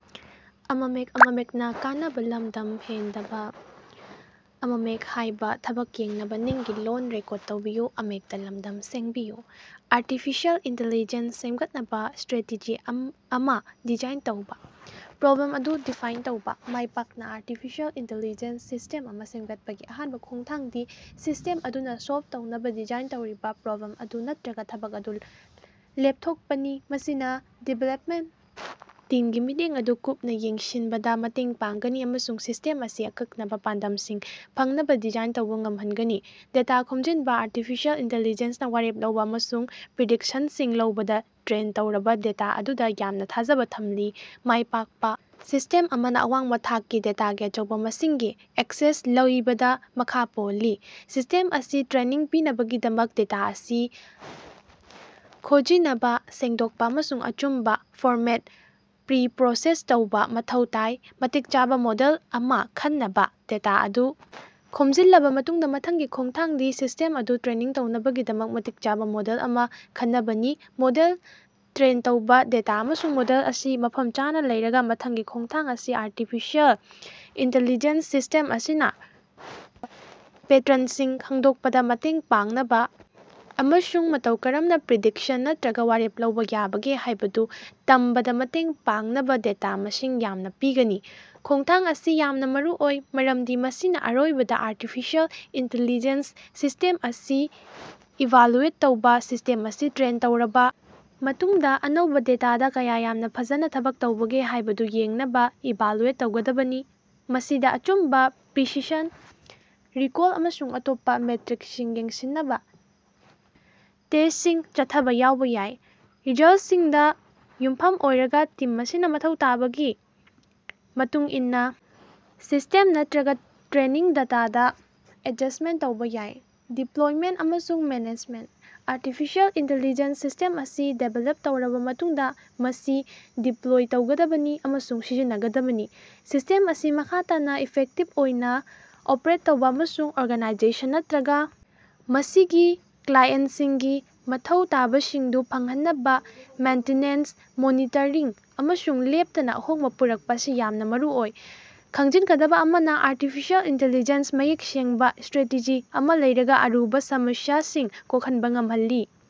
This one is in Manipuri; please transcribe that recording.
ꯑꯥꯔꯇꯤꯐꯤꯁꯤꯑꯦꯜ ꯏꯟꯇꯦꯂꯤꯖꯦꯟꯁ ꯁꯦꯝꯒꯠꯅꯕꯥ ꯁꯇ꯭ꯔꯦꯇꯦꯖꯤ ꯑꯃꯥ ꯗꯤꯖꯥꯏꯟ ꯇꯧꯕꯥ꯫ ꯄ꯭ꯔꯣꯕ꯭ꯂꯦꯝ ꯑꯗꯨ ꯗꯤꯐꯥꯏꯟ ꯇꯧꯕꯥ: ꯃꯥꯢꯄꯥꯛꯅꯥ ꯑꯔꯇꯤꯐꯤꯁꯤꯑꯦꯜ ꯢꯟꯇꯦꯂꯤꯖꯦꯟꯁ ꯁꯤꯁꯇꯦꯝ ꯑꯃꯥ ꯁꯦꯃꯒꯠꯄꯒꯤ ꯑꯍꯥꯟꯕꯥ ꯈꯣꯡꯊꯥꯡꯗꯤ ꯁꯤꯁꯇꯦꯝ ꯑꯗꯨꯅꯥ ꯁꯣꯜꯕ ꯇꯧꯅꯕꯥ ꯗꯤꯖꯥꯏꯟ ꯇꯧꯔꯤꯕꯥ ꯄ꯭ꯔꯣꯕ꯭ꯂꯦꯝ ꯑꯗꯨ ꯅꯠꯇ꯭ꯔꯒꯥ ꯊꯕꯛ ꯑꯗꯨ ꯂꯦꯞꯊꯣꯛꯄꯅꯤ꯫ ꯃꯁꯤꯅꯥ ꯗꯤꯕꯦꯂꯞꯃꯦꯟꯇ ꯇꯤꯝꯒꯤ ꯃꯤꯠꯌꯦꯡ ꯑꯗꯨ ꯀꯨꯞꯅꯥ ꯌꯦꯡꯁꯤꯟꯕꯗꯥ ꯃꯇꯦꯡ ꯄꯥꯡꯒꯅꯤ ꯑꯃꯁꯨꯡ ꯁꯤꯁꯇꯦꯝ ꯑꯁꯤ ꯑꯀꯛꯅꯕꯥ ꯄꯥꯟꯗꯝꯁꯤꯡ ꯐꯪꯅꯕꯥ ꯗꯤꯖꯥꯏꯟ ꯇꯧꯕꯥ ꯉꯃꯍꯟꯒꯅꯤ꯫ ꯗꯦꯇꯥ ꯈꯣꯝꯖꯤꯟꯕꯥ: ꯑꯔꯇꯤꯐꯤꯁꯤꯑꯦꯜ ꯢꯟꯇꯦꯂꯤꯖꯦꯟꯁꯅꯥ ꯋꯥꯔꯦꯞ ꯂꯧꯕꯥ ꯑꯃꯁꯨꯡ ꯄ꯭ꯔꯤꯗꯤꯛꯁꯟꯁꯤꯡ ꯂꯧꯕꯗꯥ ꯇ꯭ꯔꯦꯟ ꯇꯧꯔꯕꯥ ꯗꯦꯇꯥ ꯑꯗꯨꯗꯥ ꯌꯥꯝꯅꯥ ꯊꯥꯖꯕꯥ ꯊꯝꯂꯤ꯫ ꯃꯥꯢꯄꯥꯛꯄꯥ ꯁꯤꯁꯇꯦꯝ ꯑꯃꯅꯥ ꯑꯋꯥꯡꯕꯥ ꯊꯥꯛꯀꯤ ꯗꯦꯇꯥꯒꯤ ꯑꯆꯧꯕꯥ ꯃꯁꯤꯡꯒꯤ ꯑꯦꯛꯁꯦꯁ ꯂꯩꯕꯗꯥ ꯃꯈꯥ ꯄꯣꯜꯂꯤ꯫ ꯁꯤꯁꯇꯦꯝ ꯑꯁꯤ ꯇ꯭ꯔꯦꯅꯤꯡ ꯄꯤꯅꯕꯒꯤꯗꯃꯛ ꯗꯦꯇꯥ ꯑꯁꯤ ꯈꯣꯖꯤꯅꯕꯥ, ꯁꯦꯡꯗꯣꯛꯄꯥ ꯑꯃꯁꯨꯡ ꯑꯆꯨꯝꯕꯥ ꯐꯣꯔꯃꯦꯠꯇꯥ ꯄ꯭ꯔꯤ-ꯄ꯭ꯔꯣꯁꯦꯁ ꯇꯧꯕꯥ ꯃꯊꯧ ꯇꯥꯏ꯫ ꯃꯇꯤꯛ ꯆꯥꯕꯥ ꯃꯣꯗꯦꯜ ꯑꯃꯥ ꯈꯟꯅꯕꯥ: ꯗꯦꯇꯥ ꯑꯗꯨ ꯈꯣꯝꯖꯤꯜꯂꯕꯥ ꯃꯇꯨꯡꯗꯥ ꯃꯊꯪꯒꯤ ꯈꯣꯡꯊꯥꯡꯗꯤ ꯁꯤꯁꯇꯦꯝ ꯑꯗꯨ ꯇ꯭ꯔꯦꯅꯤꯡ ꯇꯧꯅꯕꯒꯤꯗꯃꯛ ꯃꯇꯤꯛ ꯆꯥꯕꯥ ꯃꯣꯗꯦꯜ ꯑꯃꯥ ꯈꯅꯕꯅꯤ꯫ꯃꯣꯗꯦꯜ ꯇ꯭ꯔꯦꯟ ꯇꯧꯕꯥ: ꯗꯦꯇꯥ ꯑꯃꯁꯨꯡ ꯃꯣꯗꯦꯜ ꯑꯁꯤ ꯃꯐꯝ ꯆꯥꯅꯥ ꯂꯩꯔꯒꯥ ꯃꯊꯪꯒꯤ ꯈꯣꯡꯊꯥꯡ ꯑꯁꯤ ꯑꯔꯇꯤꯐꯤꯁꯤꯑꯦꯜ ꯢꯟꯇꯦꯂꯤꯖꯦꯟꯁ ꯁꯤꯁ꯭ꯇꯦꯝ ꯑꯁꯤꯅꯥ ꯄꯦꯇꯔꯅꯁꯤꯡ ꯈꯪꯗꯣꯛꯄꯗꯥ ꯃꯇꯦꯡ ꯄꯥꯡꯅꯕꯥ ꯑꯃꯁꯨꯡ ꯃꯇꯧ ꯀꯔꯝꯅꯥ ꯄ꯭ꯔꯤꯗꯤꯛꯁꯟ ꯅꯠꯇ꯭ꯔꯒꯥ ꯋꯥꯔꯦꯞ ꯂꯧꯕꯥ ꯌꯥꯕꯒꯦ ꯍꯥꯢꯕꯗꯨ ꯇꯝꯕꯗꯥ ꯃꯇꯦꯡ ꯄꯥꯡꯅꯕꯥ ꯗꯦꯇꯥ ꯃꯁꯤꯡ ꯌꯥꯝꯅꯥ ꯄꯤꯒꯅꯤ꯫ ꯈꯣꯡꯊꯥꯡ ꯑꯁꯤ ꯌꯥꯝꯅꯥ ꯃꯔꯨꯑꯣꯏ, ꯃꯔꯝꯗꯤ ꯃꯁꯤꯅꯥ ꯑꯔꯣꯏꯕꯗꯥ ꯑꯔꯇꯤꯐꯤꯁꯤꯑꯦꯜ ꯢꯟꯇꯦꯂꯤꯖꯦꯟꯁ ꯁꯤꯁ꯭ꯇꯦꯝ ꯑꯁꯤ ꯏꯚꯥꯂꯨꯑꯦꯠ ꯇꯧꯕꯥ: ꯁꯤꯁ꯭ꯇꯦꯝ ꯑꯁꯤ ꯇ꯭ꯔꯦꯟ ꯇꯧꯔꯕꯥ ꯃꯇꯨꯡꯗꯥ ꯑꯅꯧꯕꯥ ꯗꯦꯇꯥꯗꯥ ꯀꯌꯥ ꯌꯥꯝꯅꯥ ꯐꯖꯅꯥ ꯊꯕꯛ ꯇꯧꯕꯒꯦ ꯍꯥꯌꯕꯗꯨ ꯌꯦꯡꯅꯕꯥ ꯏꯚꯥꯂꯨꯑꯦꯠ ꯇꯧꯒꯗꯕꯅꯤ꯫ ꯃꯁꯤꯗꯥ ꯑꯆꯨꯝꯕꯥ, ꯄ꯭ꯔꯤꯁꯤꯁꯟ, ꯔꯤꯀꯣꯜ ꯑꯃꯁꯨꯡ ꯑꯇꯣꯞꯄꯥ ꯃꯦꯇ꯭ꯔꯤꯀꯁꯤꯡ ꯌꯦꯡꯁꯤꯟꯅꯕꯥ ꯇꯦꯁꯇꯁꯤꯡ ꯆꯠꯊꯕꯥ ꯌꯥꯎꯕꯥ ꯌꯥꯏ꯫ ꯔꯤꯖꯜꯇꯁꯤꯡꯗꯥ ꯌꯨꯝꯐꯝ ꯑꯣꯏꯔꯒꯥ ꯇꯤꯝ ꯑꯁꯤꯅꯥ ꯃꯊꯧ ꯇꯥꯕꯒꯤ ꯃꯇꯨꯡ ꯏꯟꯅꯥ ꯁꯤꯁꯇꯦꯝ ꯅꯠꯇ꯭ꯔꯒꯥ ꯇ꯭ꯔꯦꯅꯤꯡ ꯗꯦꯇꯥꯗꯥ ꯑꯦꯗꯖꯁꯇꯃꯦꯟꯇ ꯇꯧꯕꯥ ꯌꯥꯏ꯫ ꯗꯤꯄ꯭ꯂꯣꯏꯃꯦꯟꯇ ꯑꯃꯁꯨꯡ ꯃꯦꯟꯇꯦꯅꯦꯟꯁ: ꯑꯔꯇꯤꯐꯤꯁꯤꯑꯦꯜ ꯢꯟꯇꯦꯂꯤꯖꯦꯟꯁ ꯁꯤꯁꯇꯦꯝ ꯑꯁꯤ ꯗꯤꯕꯦꯂꯞ ꯇꯧꯔꯕꯥ ꯃꯇꯨꯡꯗꯥ ꯃꯁꯤ ꯗꯤꯄ꯭ꯂꯣꯏ ꯇꯧꯒꯗꯕꯅꯤ ꯑꯃꯁꯨꯡ ꯁꯤꯖꯤꯟꯅꯒꯗꯕꯅꯤ꯫ ꯁꯤꯁꯇꯦꯝ ꯑꯁꯤ ꯃꯈꯥ ꯇꯥꯅꯥ ꯏꯐꯦꯛꯇꯤꯚ ꯑꯣꯏꯅꯥ ꯑꯣꯄ꯭ꯔꯦꯠ ꯇꯧꯕꯥ ꯑꯃꯁꯨꯡ ꯑꯣꯔꯒꯥꯅꯥꯏꯖꯦꯁꯟ ꯅꯠꯇ꯭ꯔꯒꯥ ꯃꯁꯤꯒꯤ ꯀ꯭ꯂꯥꯏꯑꯦꯟꯇꯁꯤꯡꯒꯤ ꯃꯊꯧ ꯇꯥꯕꯁꯤꯡꯗꯨ ꯐꯪꯍꯟꯅꯕꯥ ꯃꯦꯟꯇꯤꯅꯦꯟꯁ, ꯃꯣꯅꯤꯇꯔꯤꯡ ꯑꯃꯁꯨꯡ ꯂꯦꯞꯇꯅꯥ ꯑꯍꯣꯡꯕꯥ ꯄꯨꯔꯛꯄꯥ ꯑꯁꯤ ꯌꯥꯝꯅꯥ ꯃꯔꯨꯑꯣꯏ꯫ ꯈꯪꯖꯤꯟꯒꯗꯕꯥ ꯑꯃꯅꯥ, ꯑꯔꯇꯤꯐꯤꯁꯤꯑꯦꯜ ꯢꯟꯇꯦꯂꯤꯖꯦꯟꯁ ꯃꯌꯦꯛ ꯁꯦꯡꯕꯥ ꯁꯇ꯭ꯔꯦꯇꯦꯖꯤ ꯑꯃꯥ ꯂꯩꯔꯒꯥ ꯑꯔꯨꯕꯥ ꯁꯝꯁ꯭ꯌꯥꯁꯤꯡ ꯀꯣꯛꯍꯟꯕꯥ ꯉꯝꯍꯜꯂꯤ꯫